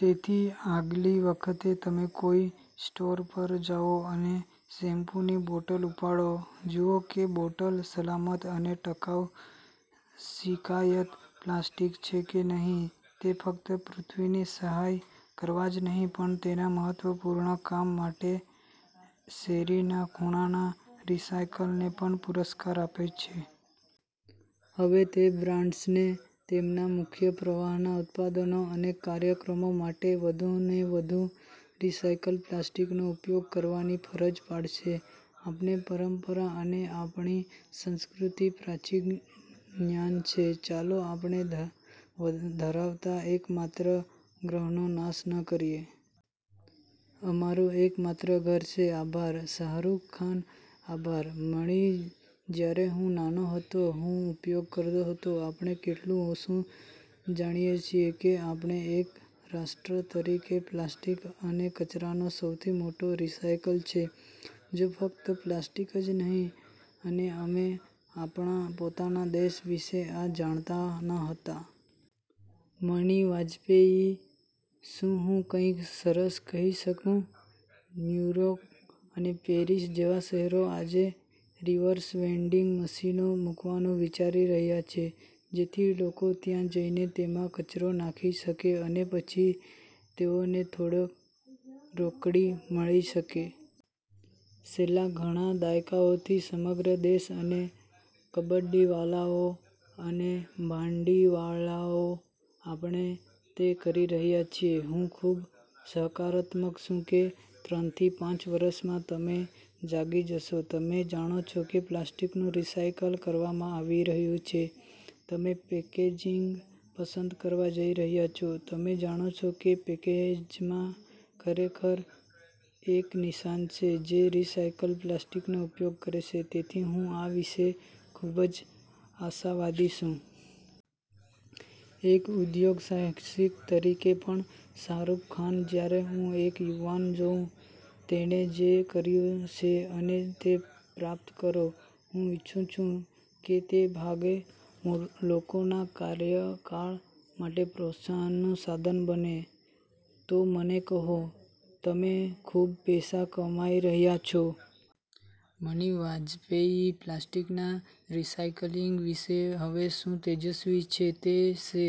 તેથી આગલી વખતે તમે કોઈ સ્ટોર પર જાઓ અને શેમ્પૂની બોટલ ઉપાડો, જુઓ કે બોટલ સલામત અને ટકાઉ શિકાયત પ્લાસ્ટિક છે કે નહીં. તે ફક્ત પૃથ્વીની સહાય કરવા જ નહીં પણ તેના મહત્વપૂર્ણ કામ માટે શેરીના ખૂણાના રિસાયકલને પણ પુરસ્કાર આપે છે. હવે તે બ્રાન્ડ્સને તેમના મુખ્ય પ્રવાહના ઉત્પાદનો અને કાર્યક્રમો માટે વધુને વધુ રિસાયકલ પ્લાસ્ટિકનો ઉપયોગ કરવાની ફરજ પાડશે. આપણી પરંપરા અને આપણી સંસ્કૃતિ પ્રાચીન જ્ઞાન છે. ચાલો આપણે ધરાવતા એક માત્ર ગ્રહનો નાશ ન કરીએ. અમારું એક માત્ર ઘર છે. આભાર. શાહરૂખ ખાન: આભાર, મણિ. જ્યારે હું નાનો હતો, હું ઉપયોગ કરતો હતો. આપણે કેટલું ઓછું જાણીએ છીએ કે આપણે એક રાષ્ટ્ર તરીકે, પ્લાસ્ટિક અને કચરોનો સૌથી મોટો રિસાયકલ છે, જો ફક્ત પ્લાસ્ટિક જ નહીં અને અમે આપણા પોતાના દેશ વિશે આ જાણતા ન હતા. મણિ વાજપેયી: શું હું કંઈક સરસ કહી શકું? ન્યુ યોર્ક અને પેરિસ જેવા શહેરો આજે રિવર્સ વેન્ડિંગ મશીનો મૂકવાનું વિચારી રહ્યા છે, જેથી લોકો ત્યાં જઈને તેમાં કચરો નાખી શકે અને પછી તેઓને થોડી રોકડ મળી શકે. છેલ્લા ઘણા દાયકાઓથી, સમગ્ર દેશ અને કબાડીવાલાઓ, અને ભાંડીવાલાઓ, આપણે તે કરી રહ્યા છીએ. હું ખૂબ સકારાત્મક છું કે ત્રણથી પાંચ વર્ષમાં, તમે જાગી જશો, તમે જાણો છો કે પ્લાસ્ટિકનું રિસાયકલ કરવામાં આવી રહ્યું છે, તમે પેકેજિંગ પસંદ કરવા જઇ રહ્યા છો, તમે જાણો છો કે પેકેજમાં ખરેખર એક નિશાન છે જે રિસાયકલ પ્લાસ્ટિકનો ઉપયોગ કરે છે, તેથી હું આ વિશે ખૂબ જ આશાવાદી છું. એક ઉદ્યોગસાહસિક તરીકે પણ. શાહરૂખખાન:જ્યારે હું એક યુવાન જોઉં, તેણે જે કર્યું છે અને તે પ્રાપ્ત કરો, હું ઇચ્છું છું કે તે ભાગ લોકોના કાર્યકાળ માટે પ્રોત્સાહનનું સાધન બને. તો મને કહો, તમે ખૂબ પૈસા કમાઇ રહ્યા છો? મણિ વાજપેયી: પ્લાસ્ટિકના રિસાયક્લિંગ વિશે હવે શું તેજસ્વી છે તે છે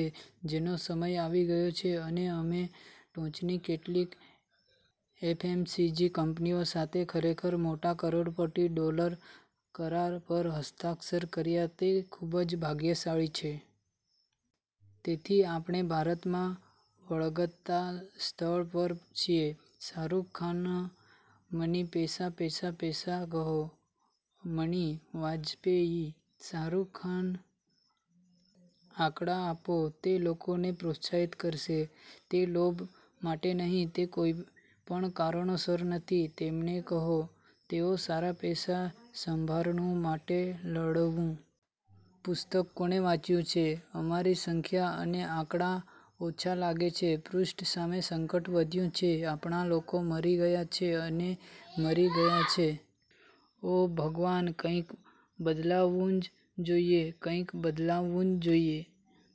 જેનો સમય આવી ગયો છે અને અમે ટોચની કેટલીક એફએમસીજી કંપનીઓ સાથે ખરેખર મોટા, કરોડપતિ ડોલર કરાર પર હસ્તાક્ષર કર્યા તે ખૂબ જ ભાગ્યશાળી છે. તેથી આપણે ભારતમાં વળગતા સ્થળ પર છીએ. શાહરૂખખાન: મની, પૈસા, પૈસા, પૈસા કહો. મણિ વાજપેયી: શાહરૂખખાન, આંકડા આપો તે લોકોને પ્રોત્સાહિત કરશે, તે લોભ માટે નથી, તે કોઈપણ કારણોસર નથી. તેમને કહો. તેઓ સારા પૈસા સંભારણું માટે લડવું. પુસ્તકો કોણે વાંચ્યું છે? અમારી સંખ્યા અને આંકડા ઓછા લાગે છે પૃષ્ઠ સામે સંકટ વધ્યું છે. આપણા લોકો મરી ગયા છે અને મરી ગયા છે. ઓહ, ભગવાન. કંઈક બદલાવું જ જોઇએ. કંઈક બદલાવું જ જોઇએ.